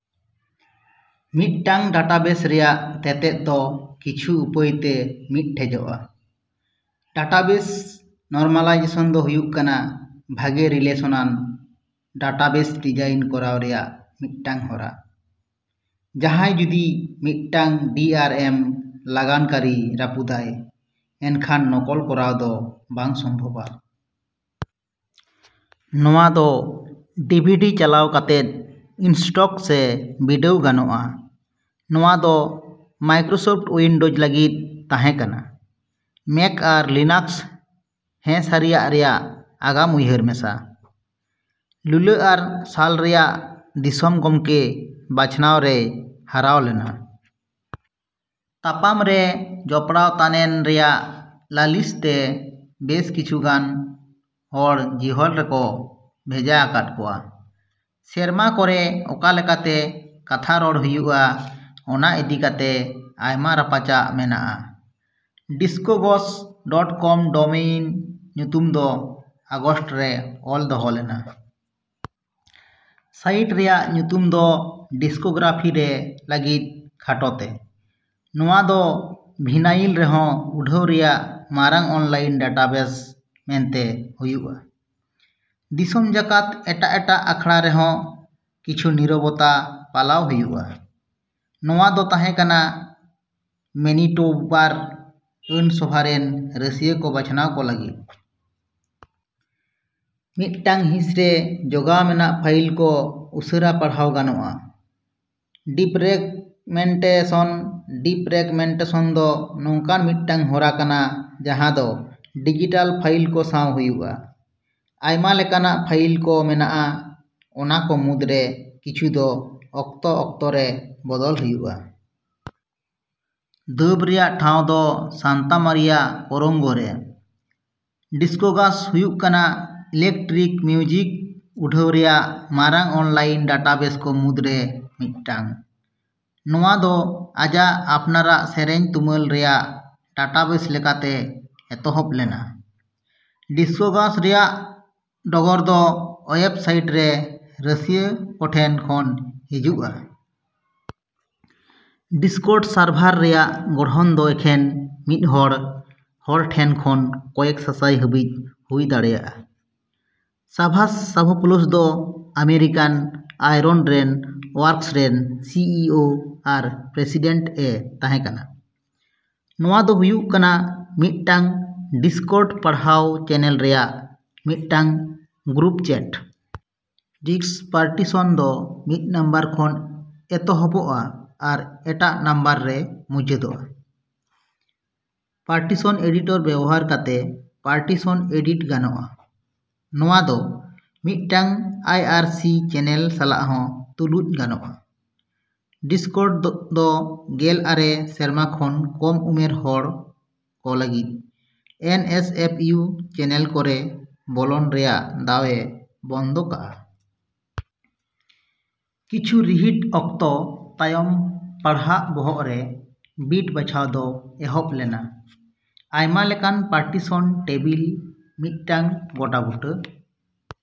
ᱢᱤᱫᱴᱟᱝ ᱰᱟᱴᱟᱵᱮᱥ ᱨᱮᱭᱟᱜ ᱛᱮᱛᱮᱫ ᱫᱚ ᱠᱤᱪᱷᱩ ᱩᱯᱟᱹᱭᱛᱮ ᱢᱤᱫᱴᱷᱮᱡᱚᱜᱼᱟ᱾ ᱰᱟᱴᱟᱵᱮᱥ ᱱᱚᱨᱢᱟᱞᱟᱭᱡᱮᱥᱚᱱ ᱫᱚ ᱦᱩᱭᱩᱜ ᱠᱟᱱᱟ, ᱵᱷᱟᱜᱮ ᱨᱤᱞᱮᱥᱚᱱᱟᱱ ᱰᱟᱴᱟᱵᱮᱥ ᱰᱤᱡᱟᱭᱤᱱ ᱠᱚᱨᱟᱣ ᱨᱮᱭᱟᱜ ᱢᱤᱫᱴᱟᱝ ᱦᱚᱨᱟ᱾ ᱡᱟᱦᱟᱭ ᱡᱩᱫᱤ ᱢᱤᱫᱴᱟᱝ ᱰᱤ ᱟᱨ ᱮᱢ ᱞᱟᱜᱟᱱ ᱠᱟᱹᱨᱤᱭ ᱨᱟᱹᱯᱩᱫᱟᱭ ᱮᱱᱠᱷᱟᱱ ᱱᱚᱠᱚᱞ ᱠᱚᱨᱟᱣ ᱫᱚ ᱵᱟᱝ ᱥᱚᱢᱵᱷᱚᱵᱟ᱾ ᱱᱚᱣᱟ ᱫᱚ ᱰᱤ ᱵᱷᱤ ᱰᱤ ᱪᱟᱞᱟᱣ ᱠᱟᱛᱮᱫ ᱤᱱᱥᱴᱚᱠ ᱥᱮ ᱵᱤᱰᱟᱹᱣ ᱜᱟᱱᱚᱜᱼᱟ᱾ ᱱᱚᱶᱟ ᱫᱚ ᱢᱟᱭᱠᱨᱳᱥᱚᱯᱷᱴ ᱩᱭᱤᱱᱰᱳᱡ ᱞᱟᱹᱜᱤᱫ ᱛᱟᱦᱮᱸ ᱠᱟᱱᱟ, ᱢᱮᱹᱠ ᱟᱨ ᱞᱤᱱᱟᱠᱥ ᱦᱮᱸᱥᱟᱹᱨᱤᱭᱟᱜ ᱨᱮᱭᱟᱜ ᱟᱜᱟᱢ ᱩᱭᱦᱟᱹᱨ ᱢᱮᱥᱟ᱾ ᱞᱩᱞᱟ, ᱟᱨ ᱥᱟᱞ ᱨᱮᱭᱟᱜ ᱫᱤᱥᱚᱢ ᱜᱚᱝᱠᱮ ᱵᱟᱪᱷᱱᱟᱣ ᱨᱮᱭ ᱦᱟᱨᱟᱣ ᱞᱮᱱᱟ᱾ ᱛᱟᱯᱟᱢ ᱨᱮ ᱡᱚᱯᱲᱟᱣ ᱛᱟᱱᱮᱱ ᱨᱮᱭᱟᱜ ᱞᱟᱹᱞᱤᱥ ᱛᱮ ᱵᱮᱥ ᱠᱤᱪᱷᱩᱜᱟᱱ ᱦᱚᱲ ᱡᱤᱦᱚᱞ ᱨᱮᱠᱚ ᱵᱷᱮᱡᱟ ᱟᱠᱟᱫ ᱠᱚᱣᱟ᱾ ᱥᱮᱨᱢᱟ ᱠᱚᱨᱮ ᱚᱠᱟᱞᱮᱠᱟᱛᱮ ᱠᱟᱛᱷᱟ ᱨᱚᱲ ᱦᱩᱭᱩᱜᱼᱟ ᱚᱱᱟ ᱤᱫᱤ ᱠᱟᱛᱮ ᱟᱭᱢᱟ ᱨᱟᱯᱟᱪᱟᱜ ᱢᱮᱱᱟᱜᱼᱟ᱾ ᱰᱤᱥᱠᱳᱜᱚᱥ ᱰᱚᱴ ᱠᱚᱢ ᱰᱳᱢᱮᱭᱤᱱ ᱧᱩᱛᱩᱢ ᱫᱚ ᱟᱜᱚᱥᱴ ᱨᱮ ᱚᱞᱫᱚᱦᱚ ᱞᱮᱱᱟ᱾ ᱥᱟᱭᱤᱴ ᱨᱮᱭᱟᱜ ᱧᱩᱛᱩᱢ ᱫᱚ ᱰᱤᱥᱠᱳᱜᱨᱟᱯᱷᱤ ᱨᱮ ᱞᱟᱹᱜᱤᱫ ᱠᱷᱟᱴᱚᱛᱮ᱾ ᱱᱚᱶᱟ ᱫᱚ ᱵᱷᱤᱱᱟᱭᱤᱞ ᱨᱮᱦᱚᱸ ᱩᱰᱷᱟᱹᱣ ᱨᱮᱭᱟᱜ ᱢᱟᱨᱟᱝ ᱚᱱᱞᱟᱭᱤᱱ ᱰᱟᱴᱟᱵᱮᱥ ᱢᱮᱱᱛᱮ ᱦᱩᱭᱩᱜᱼᱟ᱾ ᱫᱤᱥᱚᱢ ᱡᱟᱠᱟᱛ ᱮᱴᱟᱜ ᱮᱴᱟᱜ ᱟᱠᱷᱲᱟᱨᱮᱦᱚᱸ ᱠᱤᱪᱷᱩ ᱱᱤᱨᱚᱵᱚᱛᱟ ᱯᱟᱞᱟᱣ ᱦᱩᱭᱩᱜᱼᱟ᱾ ᱱᱚᱶᱟ ᱫᱚ ᱛᱟᱦᱮᱸ ᱠᱟᱱᱟ ᱢᱮᱹᱱᱤᱴᱳᱵᱟᱨ ᱟᱹᱱ ᱥᱚᱵᱷᱟ ᱨᱮᱱ ᱨᱟᱹᱥᱭᱟᱹ ᱠᱚ ᱵᱟᱪᱷᱱᱟᱣ ᱠᱚ ᱞᱟᱹᱜᱤᱫ᱾ ᱢᱤᱫᱴᱟᱝ ᱦᱤᱸᱥᱨᱮ ᱡᱚᱜᱟᱣ ᱢᱮᱱᱟᱜ ᱯᱷᱟᱭᱤᱞ ᱠᱚ ᱩᱥᱟᱹᱨᱟ ᱯᱟᱬᱦᱟᱣ ᱜᱟᱱᱚᱜᱼᱟ᱾ ᱰᱤᱯᱷᱨᱮᱜᱢᱮᱱᱴᱮᱥᱚᱱ ᱰᱤᱯᱷᱨᱮᱜᱢᱮᱱᱴᱮᱥᱚᱱ ᱫᱚ ᱱᱚᱝᱠᱟᱱ ᱢᱤᱫᱴᱟᱝ ᱦᱚᱨᱟ ᱠᱟᱱᱟ ᱡᱟᱦᱟ ᱫᱚ ᱰᱤᱡᱤᱴᱟᱞ ᱯᱷᱟᱭᱤᱞ ᱠᱚ ᱥᱟᱣ ᱦᱩᱭᱩᱜᱼᱟ᱾ ᱟᱭᱢᱟ ᱞᱮᱠᱟᱱᱟᱜ ᱯᱷᱟᱭᱤᱞ ᱠᱚ ᱢᱮᱱᱟᱜᱼᱟ, ᱚᱱᱟ ᱠᱚ ᱢᱩᱫᱨᱮ ᱠᱤᱪᱷᱩ ᱫᱚ ᱚᱠᱛᱚ ᱚᱠᱛᱚ ᱨᱮ ᱵᱚᱫᱚᱞ ᱦᱩᱭᱩᱜᱼᱟ᱾ ᱫᱟᱹᱵ ᱨᱮᱭᱟᱜ ᱴᱷᱟᱣ ᱫᱚ ᱥᱟᱱᱛᱟ ᱢᱟᱨᱤᱭᱟ ᱠᱚᱨᱳᱝᱜᱳ ᱨᱮ᱾ ᱰᱤᱥᱠᱳᱜᱟᱥ ᱦᱩᱭᱩᱜ ᱠᱟᱱᱟ ᱤᱞᱮᱠᱴᱨᱤᱠ ᱢᱤᱭᱩᱡᱤᱠ ᱩᱰᱷᱟᱹᱣ ᱨᱮᱭᱟᱜ ᱢᱟᱨᱟᱝ ᱚᱱᱞᱟᱭᱤᱱ ᱰᱟᱴᱟᱵᱮᱥ ᱠᱚ ᱢᱩᱫᱨᱮ ᱢᱤᱫᱴᱟᱝ᱾ ᱱᱚᱶᱟ ᱫᱚ ᱟᱡᱟᱜ ᱟᱯᱱᱟᱨᱟᱜ ᱥᱮᱹᱨᱮᱹᱧ ᱛᱩᱢᱟᱹᱞ ᱨᱮᱭᱟᱜ ᱰᱟᱴᱟᱵᱮᱥ ᱞᱮᱠᱟᱛᱮ ᱮᱛᱚᱦᱚᱵ ᱞᱮᱱᱟ᱾ ᱰᱤᱥᱠᱳᱜᱚᱥ ᱨᱮᱭᱟᱜ ᱰᱚᱜᱚᱨ ᱫᱚ ᱳᱭᱮᱵᱽ ᱥᱟᱭᱤᱴ ᱨᱮᱱ ᱨᱟᱹᱥᱤᱭᱟᱹ ᱠᱚᱴᱷᱮᱱ ᱠᱷᱚᱱ ᱦᱤᱡᱩᱜᱼᱟ᱾ ᱰᱤᱥᱠᱚᱨᱰ ᱥᱟᱨᱵᱷᱟᱨ ᱨᱮᱭᱟᱜ ᱜᱚᱲᱦᱚᱱ ᱫᱚ ᱮᱠᱷᱮᱱ ᱢᱤᱫᱦᱚᱲ ᱦᱚᱲᱴᱷᱮᱱ ᱠᱷᱚᱱ ᱠᱚᱭᱮᱠ ᱥᱟᱥᱟᱭ ᱦᱟᱹᱵᱤᱡ ᱦᱩᱭ ᱫᱟᱲᱮᱭᱟᱜᱼᱟ᱾ ᱥᱟᱵᱷᱟᱥ ᱥᱟᱵᱷᱳᱯᱳᱞᱳᱥ ᱫᱚ ᱟᱢᱮᱨᱤᱠᱟᱱ ᱟᱭᱨᱚᱱ ᱨᱮᱱ ᱳᱣᱟᱨᱠᱥ ᱨᱮᱱ ᱥᱤ ᱤ ᱳ ᱟᱨ ᱯᱨᱮᱥᱤᱰᱮᱱᱴ ᱮ ᱛᱟᱦᱮᱸ ᱠᱟᱱᱟ᱾ ᱱᱚᱶᱟ ᱫᱚ ᱦᱩᱭᱩᱜ ᱠᱟᱱᱟ ᱢᱤᱫᱴᱟᱝ ᱰᱤᱥᱠᱚᱨᱰ ᱯᱟᱲᱦᱟᱜ ᱪᱮᱹᱱᱮᱞ ᱨᱮᱭᱟᱜ ᱢᱤᱫᱴᱟᱝ ᱜᱨᱩᱯ ᱪᱮᱹᱴ᱾ ᱰᱤᱥᱠ ᱯᱟᱨᱴᱤᱥᱚᱱ ᱫᱚ ᱢᱤᱫ ᱱᱟᱢᱵᱟᱨ ᱠᱷᱚᱱ ᱮᱛᱚᱦᱚᱵᱚᱼᱟ ᱟᱨ ᱮᱴᱟᱜ ᱱᱟᱢᱵᱟᱨ ᱨᱮ ᱢᱩᱪᱟᱹᱫᱚᱜᱼᱟ᱾ ᱯᱟᱨᱴᱤᱥᱚᱱ ᱮᱰᱤᱴᱚᱨ ᱵᱮᱣᱦᱟᱨ ᱠᱟᱛᱮ ᱯᱟᱨᱴᱤᱥᱚᱱ ᱮᱰᱤᱴ ᱜᱟᱱᱚᱜᱼᱟ᱾ ᱱᱚᱶᱟ ᱫᱚ ᱢᱤᱫᱴᱟᱝ ᱟᱭ ᱟᱨ ᱥᱤ ᱪᱮᱹᱱᱮᱞ ᱥᱟᱞᱟᱜ ᱦᱚᱸ ᱛᱩᱞᱩᱡ ᱜᱟᱱᱚᱜᱼᱟ᱾ ᱰᱤᱥᱠᱚᱨᱰ ᱫᱚ ᱜᱮᱞ ᱟᱨᱮ ᱥᱮᱨᱢᱟ ᱠᱷᱚᱱ ᱠᱚᱢ ᱩᱢᱮᱨ ᱦᱚᱲᱠᱚ ᱞᱟᱹᱜᱤᱫ ᱮᱱ ᱮᱥ ᱮᱯᱷ ᱣ ᱪᱮᱹᱱᱮᱞ ᱠᱚᱨᱮ ᱵᱚᱞᱚᱱ ᱨᱮᱭᱟᱜ ᱫᱟᱣ ᱮ ᱵᱚᱱᱫᱚ ᱠᱟᱜᱼᱟ᱾ ᱠᱤᱪᱷᱩ ᱨᱤᱦᱤᱴ ᱚᱠᱛᱚ ᱛᱟᱭᱚᱢ ᱯᱟᱲᱦᱟᱜ ᱵᱚᱦᱚᱜ ᱨᱮ ᱵᱤᱴ ᱵᱟᱪᱷᱟᱣ ᱫᱚ ᱮᱦᱚᱵ ᱞᱮᱱᱟ᱾ ᱟᱭᱢᱟᱞᱮᱠᱟᱱ ᱯᱟᱨᱴᱤᱥᱚᱱ ᱴᱮᱵᱤᱞ ᱢᱤᱫᱴᱟᱝ ᱜᱚᱴᱟᱵᱩᱴᱟᱹ